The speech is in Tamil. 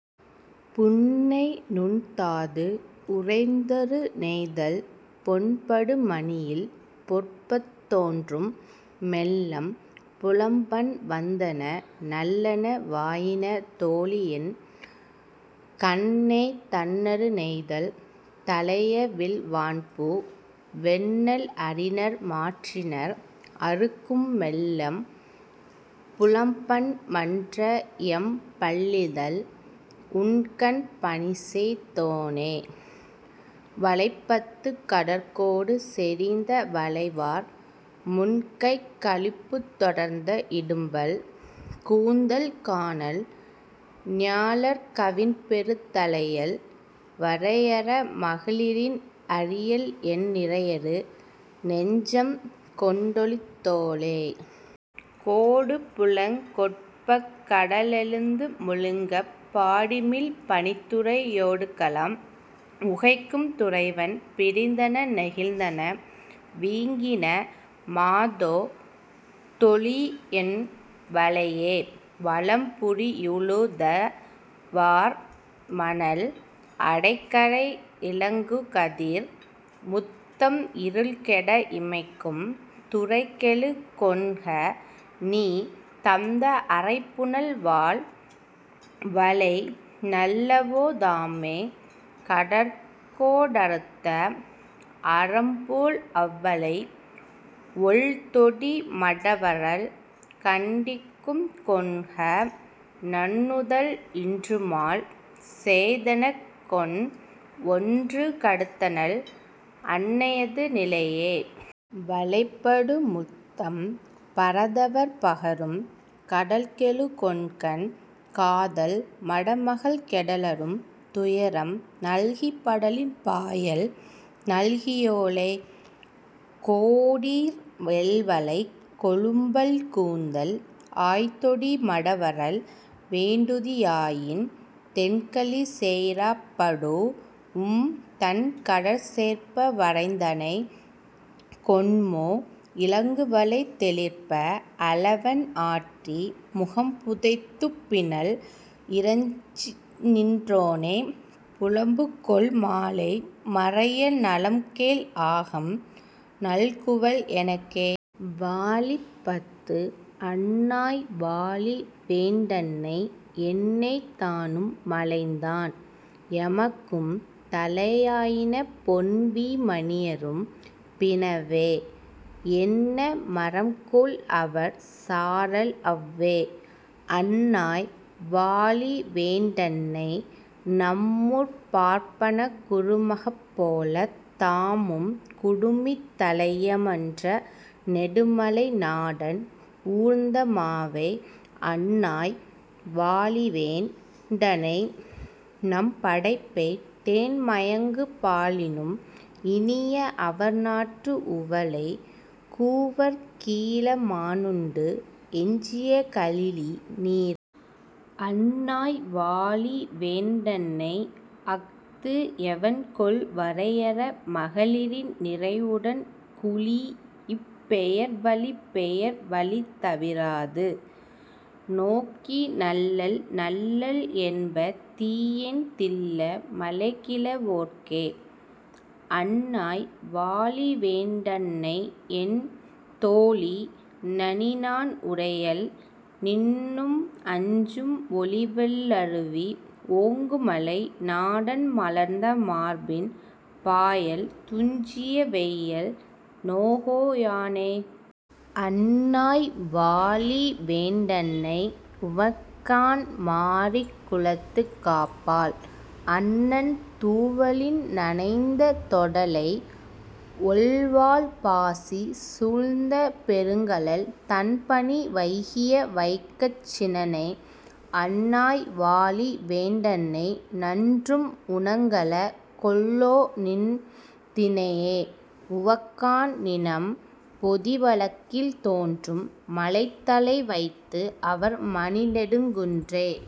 புன்னை நுன்தாது உறைந்தரு நெய்தல் பொன்படு மணியில் பொற்பத் தோன்றும் மெல்லம் புலம்பன் வந்தென நல்லன வாயின தோழியென் கண்ணே. தண்ணறு நெய்தல் தளையவிழ் வான்பூ வெண்ணெல் அரிநர் மாற்றினர் அறுக்கும் மெல்லம் புலம்பன் மன்றஎம் பல்லிதழ் உண்கண் பனிசெய் தோனே..வளைப் பத்து. கடற்கோடு செறிந்த வளைவார் முன்கைக் கழிப்புத் தொடர்ந்த இடும்பல் கூந்தல் கானல் ஞாழற் கவின்பெறு தழையள் வரையர மகளிரின் அரியள்என் நிறையரு நெஞ்சம் கொண்டொளித் தோளே. கோடுபுலங் கொட்பக் கடலெழுந்து முழுங்கப் பாடிமிழ் பனித்துறை யோடுகலம் உகைக்கும் துறைவன் பிரிந்தென நெகிழ்ந்தன வீங்கின மாதோ தொழிஎன் வளையே. வலம்புரியுழுத வார்மணல் அடைகரை இலங்குகதிர் முத்தம் இருள்கெட இமைக்கும் துரைகெழு கொண்கநீ தந்த அறைபுனல் வால்வளை நல்லவோ தாமே. கடற்கோ டறுத்த அரம்போழ் அவ்வளை ஒள்தொடி மடவரல் கண்டிக்கும் கொண்க நன்னுதல் இன்றுமால் செய்தெனக் கொன்ஒன்று கடுத்தனள் அன்னையது நிலையே. வளைபடு முத்தம் பரதவர் பகரும் கடல்கெழு கொண்கன் காதல் மடமகள் கெடலரும் துயரம் நல்கிப் படலின் பாயல் நல்கி யோளெ. கோடீர் எல்வளைக் கொழும்பல் கூந்தல் ஆய்தொடி மடவரல் வேண்டுதி யாயின் தென்கழி சேயிறாப் படூஉம் தன்கடற் சேர்ப்ப வரைந்தனை கொண்மோ. இலங்குவளை தெளிர்ப்ப அலவன் ஆட்டி முகம்புதை ச்துப்பினள் இறைஞ்ச்நின் றோனே புலம்புகொள் மாலை மறைய நலம்கேழ் ஆகம் நல்குவள் எனக்கே. வாழிப் பத்து அன்னாய் வாழிவேண் டன்னை என்னை தானும் மலைந்தான் எமக்கும் தழையாயின பொன்வீ மணியரும் பினவே என்ன மரம்கொல்அவர் சாரல் அவ்வே. அன்னாய் வாழிவேண் டன்னை நம்மூர்ப் பார்ப்பனக் குறுமகப் போலத் தாமும் குடுமித் தலைய மன்ற நெடுமலை நாடன் ஊர்ந்த மாவே. அன்னாய் வாழிவேன் டன்னைநம் படப்பை தேன்மயங்கு பாலினும் இனிய அவர்நாட்டு உவலை கூவற் கீழ மானுண்டு எஞ்சிய கலிழி நீரே. அன்னாய் வாழிவேண் டன்னைஅஃது எவன்கொல் வரையர மகளிரின் நிரையுடன் குழீஇப் பெயர்வழிப் பெயர் வழித் தவிராது நோக்கி நல்லள் நல்லள் என்ப தீயேன் தில்ல மலைகிழ வோர்க்கே. அன்னாய் வாழிவேண் டன்னையென் தோழி நனிநான் உடையள் நின்னும் அஞ்சும் ஒலிவெள் ளருவி ஓங்குமலை நாடன் மலர்ந்த மார்பின் பாயல் துஞ்சிய வெய்யள் நோகோ யானே. அன்னாய் வாழிவேண் டன்னை உவக்காண் மாரிக் குளத்துக் காப்பாள் அன்னன் தூவலின் நனைந்த தொடலை ஒள்வாள் பாசி சூழ்ந்த பெருங்கழல் தண்பனி வைகிய வைக்கச் சினனே. அன்னாய் வாழிவேண் டன்னை நன்றும் உணங்கல கொல்லோநின் தினையே உவக்காண் நிணம்பொதி வழுக்கில் தோன்றும் மழைத்தலை வைத்துஅவர் மணிநெடுங் குன்றே.